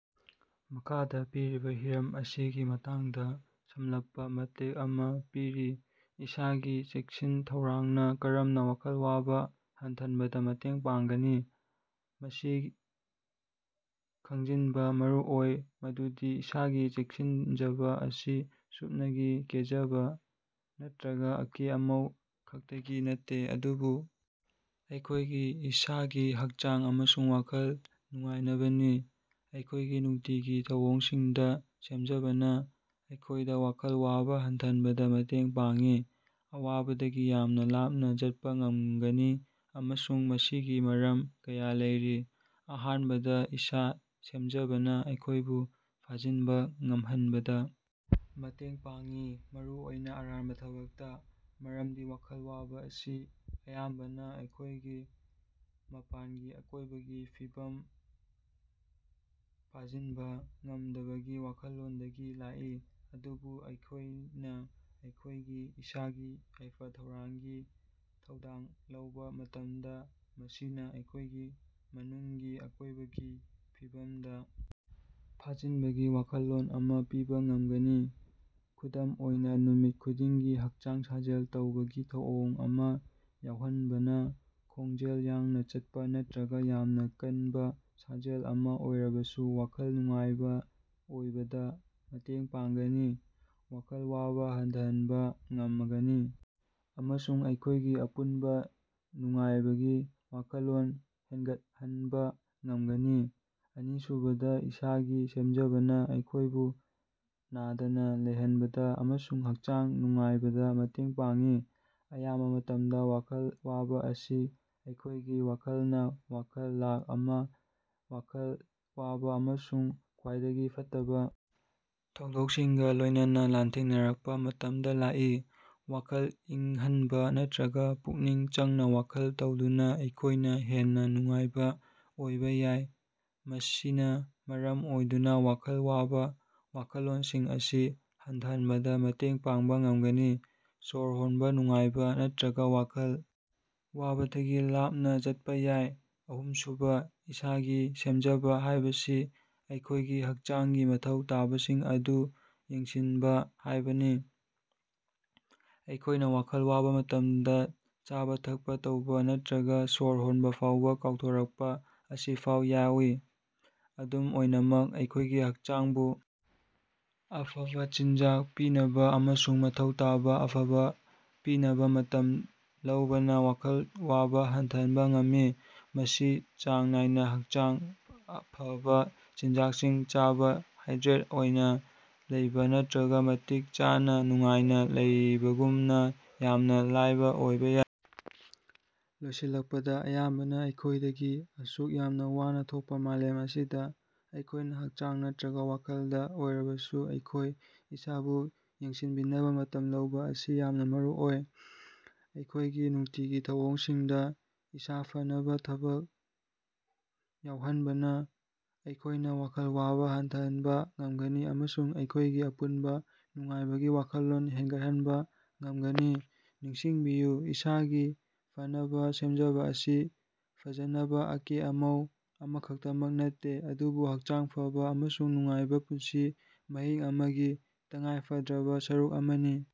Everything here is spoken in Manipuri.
ꯃꯈꯥꯗꯥ ꯄꯤꯔꯤꯕꯥ ꯍꯤꯔꯝ ꯑꯁꯤꯒꯤ ꯃꯇꯥꯡꯗꯥ ꯁꯝꯂꯞꯄ ꯃꯇꯦꯛ ꯑꯃꯥ ꯄꯤꯔꯤ ꯏꯁꯥꯒꯤ ꯆꯦꯛꯁꯤꯟ ꯊꯧꯔꯥꯡꯅꯥ ꯀꯔꯝꯅ ꯋꯥꯈꯜ ꯋꯥꯕ ꯍꯟꯊꯍꯟꯕꯗ ꯃꯇꯦꯡ ꯄꯥꯡꯒꯅꯤ꯫ ꯃꯁꯤ ꯈꯪꯖꯤꯟꯕ ꯃꯔꯨꯑꯣꯏ ꯃꯗꯨꯗꯤ ꯏꯁꯥꯒꯤ ꯆꯦꯛꯁꯤꯟꯖꯕ ꯑꯁꯤ ꯁꯨꯞꯅꯒꯤ ꯀꯦꯖꯥꯕ ꯅꯠꯇ꯭ꯔꯒ ꯑꯀꯦ ꯑꯃꯧ ꯈꯛꯇꯒꯤ ꯅꯠꯇꯦ ꯑꯗꯨꯕꯨ ꯑꯩꯈꯣꯢꯒꯤ ꯏꯁꯥꯒꯤ ꯍꯛꯆꯥꯡ ꯑꯃꯁꯨꯡ ꯋꯥꯈꯜ ꯅꯨꯡꯉꯥꯢꯅꯕꯅꯤ ꯫ ꯑꯩꯈꯣꯢꯒꯤ ꯅꯨꯡꯇꯤꯒꯤ ꯊꯧꯑꯣꯡꯁꯤꯡꯗ ꯁꯦꯝꯖꯕꯅ ꯑꯩꯈꯣꯏꯗ ꯋꯥꯈꯜ ꯋꯥꯕ ꯍꯟꯊꯍꯟꯕꯗ ꯃꯇꯦꯡ ꯄꯥꯡꯢ ꯑꯋꯥꯕꯗꯒꯤ ꯌꯥꯝꯅ ꯂꯥꯞꯅ ꯆꯠꯄꯥ ꯉꯝꯒꯅꯤ ꯑꯃꯁꯨꯡ ꯃꯁꯤꯒꯤ ꯃꯔꯝ ꯀꯌꯥ ꯂꯩꯔꯤ꯫ ꯑꯍꯥꯟꯕꯗ ꯏꯁꯥ ꯁꯦꯝꯖꯕꯅ ꯑꯩꯈꯣꯢꯕꯨ ꯐꯥꯖꯤꯟꯕ ꯉꯝꯍꯟꯕꯗ ꯃꯇꯦꯡ ꯄꯥꯡꯏ ꯃꯔꯨꯑꯣꯏꯅꯥ ꯑꯔꯥꯟꯕ ꯊꯕꯛꯇ ꯫ ꯃꯔꯝꯗꯤ ꯋꯥꯈꯜ ꯋꯥꯕꯥ ꯑꯁꯤ ꯑꯌꯥꯝꯕꯅ ꯑꯩꯈꯣꯢꯒꯤ ꯃꯄꯥꯟꯒꯤ ꯑꯀꯣꯢꯕꯒꯤ ꯐꯤꯕꯝ ꯐꯥꯖꯤꯟꯕ ꯉꯝꯗꯕꯒꯤ ꯋꯥꯈꯜꯂꯣꯟꯗꯒꯤ ꯂꯥꯛꯏ ꯑꯗꯨꯕꯨ ꯑꯩꯈꯣꯢꯅ ꯑꯩꯈꯣꯢꯒꯤ ꯏꯁꯥꯒꯤ ꯌꯥꯏꯐ ꯊꯧꯔꯥꯡꯒꯤ ꯊꯧꯗꯥꯡ ꯂꯧꯕꯥ ꯃꯇꯝꯗ ꯃꯁꯤꯅ ꯑꯩꯈꯣꯢꯒꯤ ꯃꯅꯨꯡꯒꯤ ꯑꯀꯣꯢꯕꯒꯤ ꯐꯤꯕꯝꯗ ꯐꯥꯖꯤꯟꯕꯒꯤ ꯋꯥꯈꯜꯂꯣꯟ ꯑꯃ ꯄꯤꯕ ꯉꯝꯒꯅꯤ꯫ ꯈꯨꯗꯝ ꯑꯣꯏꯅ ꯅꯨꯃꯤꯠ ꯈꯨꯗꯤꯡꯒꯤ ꯍꯛꯆꯥꯡ ꯁꯥꯖꯦꯜ ꯇꯧꯕꯒꯤ ꯊꯧꯑꯣꯡ ꯑꯃ ꯌꯥꯎꯍꯟꯕꯅ ꯈꯣꯡꯖꯦꯜ ꯌꯥꯡꯅ ꯆꯠꯄꯥ ꯅꯠꯇ꯭ꯔꯒ ꯌꯥꯝꯅ ꯀꯟꯕ ꯁꯥꯖꯦꯜ ꯑꯃ ꯑꯣꯏꯔꯕꯁꯨ ꯋꯥꯈꯜ ꯅꯨꯡꯉꯥꯏꯕ ꯑꯣꯏꯕꯗ ꯃꯇꯦꯡ ꯄꯥꯡꯒꯅꯤ꯫ ꯋꯥꯈꯜ ꯋꯥꯕ ꯍꯟꯊꯍꯟꯕ ꯉꯃꯒꯅꯤ ꯑꯃꯁꯨꯡ ꯑꯩꯈꯣꯢꯒꯤ ꯑꯄꯨꯟꯕ ꯅꯨꯡꯉꯥꯏꯕꯒꯤ ꯋꯥꯈꯜꯂꯣꯟ ꯍꯦꯅꯒꯠꯍꯟꯕ ꯉꯝꯒꯅꯤ꯫ ꯑꯅꯤꯁꯨꯕꯗ ꯏꯁꯥꯒꯤ ꯁꯦꯝꯖꯕꯅ ꯑꯩꯈꯣꯢꯕꯨ ꯅꯗꯅ ꯂꯩꯍꯟꯕꯗ ꯑꯃꯁꯨꯡ ꯍꯛꯆꯥꯡ ꯅꯨꯡꯉꯥꯢꯕꯗ ꯃꯇꯦꯡ ꯄꯥꯡꯏ꯫ ꯑꯌꯥꯝꯕ ꯃꯇꯝꯗ ꯋꯥꯈꯜ ꯋꯥꯕ ꯑꯁꯤ ꯑꯩꯈꯣꯢꯒꯤ ꯋꯥꯈꯜꯅ ꯋꯥꯈꯜ ꯂꯥꯈ ꯑꯃ ꯋꯥꯈꯜ ꯋꯥꯕꯥ ꯑꯃꯁꯨꯡ ꯈ꯭ꯋꯥꯏꯗꯒꯤ ꯐꯠꯇꯕꯥ ꯊꯧꯗꯣꯛꯁꯤꯡꯒ ꯂꯣꯢꯅꯅꯥ ꯂꯥꯟꯊꯦꯡꯅꯔꯛꯄ ꯃꯇꯝꯗꯥ ꯂꯥꯛꯏ꯫ ꯋꯥꯈꯜ ꯏꯪꯍꯟꯕ ꯅꯠꯇ꯭ꯔꯒ ꯄꯨꯛꯅꯤꯡ ꯆꯪꯅ ꯋꯥꯈꯜ ꯇꯧꯗꯨꯅꯥ ꯑꯩꯈꯣꯢꯅ ꯍꯦꯟꯅ ꯅꯨꯡꯉꯥꯏꯕ ꯑꯣꯏꯕꯥ ꯌꯥꯏ ꯃꯁꯤꯅꯥ ꯃꯔꯝ ꯑꯣꯏꯗꯨꯅ ꯋꯥꯈꯜ ꯋꯥꯕ ꯋꯥꯈꯜꯂꯣꯟꯁꯤꯡ ꯑꯁꯤ ꯍꯟꯊꯍꯟꯕꯗ ꯃꯇꯦꯡ ꯄꯥꯡꯕ ꯉꯝꯒꯅꯤ꯫ ꯁꯣꯔ ꯍꯣꯟꯕ ꯅꯨꯡꯉꯥꯏꯕ ꯅꯠꯇ꯭ꯔꯒ ꯋꯥꯈꯜ ꯋꯥꯕꯗꯒꯤ ꯂꯥꯞꯅ ꯆꯠꯄ ꯌꯥꯏ꯫ ꯑꯍꯨꯝꯁꯨꯕ ꯏꯁꯥꯒꯤ ꯁꯦꯝꯖꯕ ꯍꯥꯢꯕꯁꯤ ꯑꯩꯈꯣꯢꯒꯤ ꯍꯛꯆꯥꯡꯒꯤ ꯃꯊꯧ ꯇꯥꯕꯁꯤꯡ ꯑꯗꯨ ꯌꯦꯡꯁꯤꯟꯕ ꯍꯥꯢꯕꯅꯤ꯫ ꯑꯩꯈꯣꯢꯅ ꯋꯥꯈꯜ ꯋꯥꯕ ꯃꯇꯝꯗ ꯆꯥꯕ ꯊꯛꯄ ꯇꯧꯕ ꯅꯠꯇ꯭ꯔꯒꯥ ꯁꯣꯔ ꯍꯣꯟꯕ ꯐꯥꯎꯕ ꯀꯥꯎꯊꯣꯛꯄ ꯑꯁꯤꯐꯥꯎꯕ ꯌꯥꯎꯏ꯫ ꯑꯗꯨꯝ ꯑꯣꯏꯅꯃꯛ ꯑꯩꯈꯣꯢꯒꯤ ꯍꯛꯆꯥꯡꯕꯨ ꯑꯐꯕ ꯆꯤꯟꯖꯥꯛ ꯄꯤꯅꯕꯥ ꯑꯃꯁꯨꯡ ꯃꯊꯧ ꯇꯥꯕꯥ ꯑꯐꯕ ꯄꯤꯅꯕ ꯃꯇꯝ ꯂꯧꯕꯅ ꯋꯥꯈꯜ ꯋꯥꯕ ꯍꯟꯊꯍꯟꯕ ꯉꯝꯃꯤ꯫ ꯃꯁꯤ ꯆꯥꯡ ꯅꯥꯏꯅ ꯍꯛꯆꯥꯡ ꯐꯕꯥ ꯆꯤꯟꯖꯥꯛꯁꯤꯡ ꯆꯥꯕ ꯍꯥꯏꯗ꯭ꯔꯦꯠ ꯑꯣꯏꯅ ꯂꯩꯕ ꯅꯠꯇ꯭ꯔꯒ ꯃꯇꯤꯛ ꯆꯥꯅ ꯅꯨꯡꯉꯥꯏꯅ ꯂꯩꯕꯒꯨꯝꯅ ꯌꯥꯝꯅꯥ ꯂꯥꯏꯕ ꯑꯣꯏꯕ ꯌꯥꯏ꯫ ꯂꯣꯏꯁꯤꯜꯂꯛꯄꯗ ꯑꯌꯥꯝꯕꯅ ꯑꯩꯈꯣꯢꯗꯒꯤ ꯑꯁꯨꯛ ꯌꯥꯝꯅ ꯋꯥꯅ ꯊꯣꯛꯄ ꯃꯥꯂꯦꯝ ꯑꯁꯤꯗꯥ ꯑꯩꯈꯣꯢꯅ ꯍꯛꯆꯥꯡ ꯅꯠꯇ꯭ꯔꯒꯥ ꯋꯥꯈꯜꯗ ꯑꯣꯏꯔꯕꯁꯨ ꯑꯩꯈꯣꯢ ꯏꯁꯥꯕꯨ ꯌꯦꯡꯁꯤꯟꯕꯤꯅꯕ ꯃꯇꯝ ꯂꯧꯕꯥ ꯑꯁꯤ ꯌꯥꯝꯅ ꯃꯔꯨꯑꯣꯏ꯫ ꯑꯩꯈꯣꯢꯒꯤ ꯅꯨꯡꯇꯤꯒꯤ ꯊꯧꯑꯣꯡꯁꯤꯡꯗ ꯏꯁꯥ ꯐꯅꯕ ꯊꯕꯛ ꯌꯥꯎꯍꯟꯕꯅ ꯑꯩꯈꯣꯢꯅ ꯋꯥꯈꯜ ꯋꯥꯕ ꯍꯟꯊꯍꯟꯕ ꯉꯝꯒꯅꯤ ꯑꯃꯁꯨꯡ ꯑꯩꯈꯣꯢꯒꯤ ꯑꯄꯨꯟꯕ ꯅꯨꯡꯉꯥꯏꯕꯒꯤ ꯋꯥꯈꯜꯂꯣꯟ ꯍꯦꯟꯒꯠꯍꯟꯕ ꯉꯝꯒꯅꯤ꯫ ꯅꯤꯡꯁꯤꯡꯕꯤꯌꯨ ꯏꯁꯥꯒꯤ ꯐꯅꯕ ꯁꯦꯝꯖꯕ ꯑꯁꯤ ꯐꯖꯅꯕ ꯑꯀꯦ ꯑꯃꯧ ꯑꯃꯈꯛꯇꯃꯛ ꯅꯠꯇꯦ ꯑꯗꯨꯕꯨ ꯍꯛꯆꯥꯡ ꯐꯥꯕ ꯑꯃꯁꯨꯡ ꯅꯨꯡꯉꯥꯏꯕ ꯄꯨꯟꯁꯤ ꯃꯍꯤꯡ ꯑꯃꯒꯤ ꯇꯉꯥꯏꯐꯗ꯭ꯔꯕ ꯁꯔꯨꯛ ꯑꯃꯅꯤ꯫।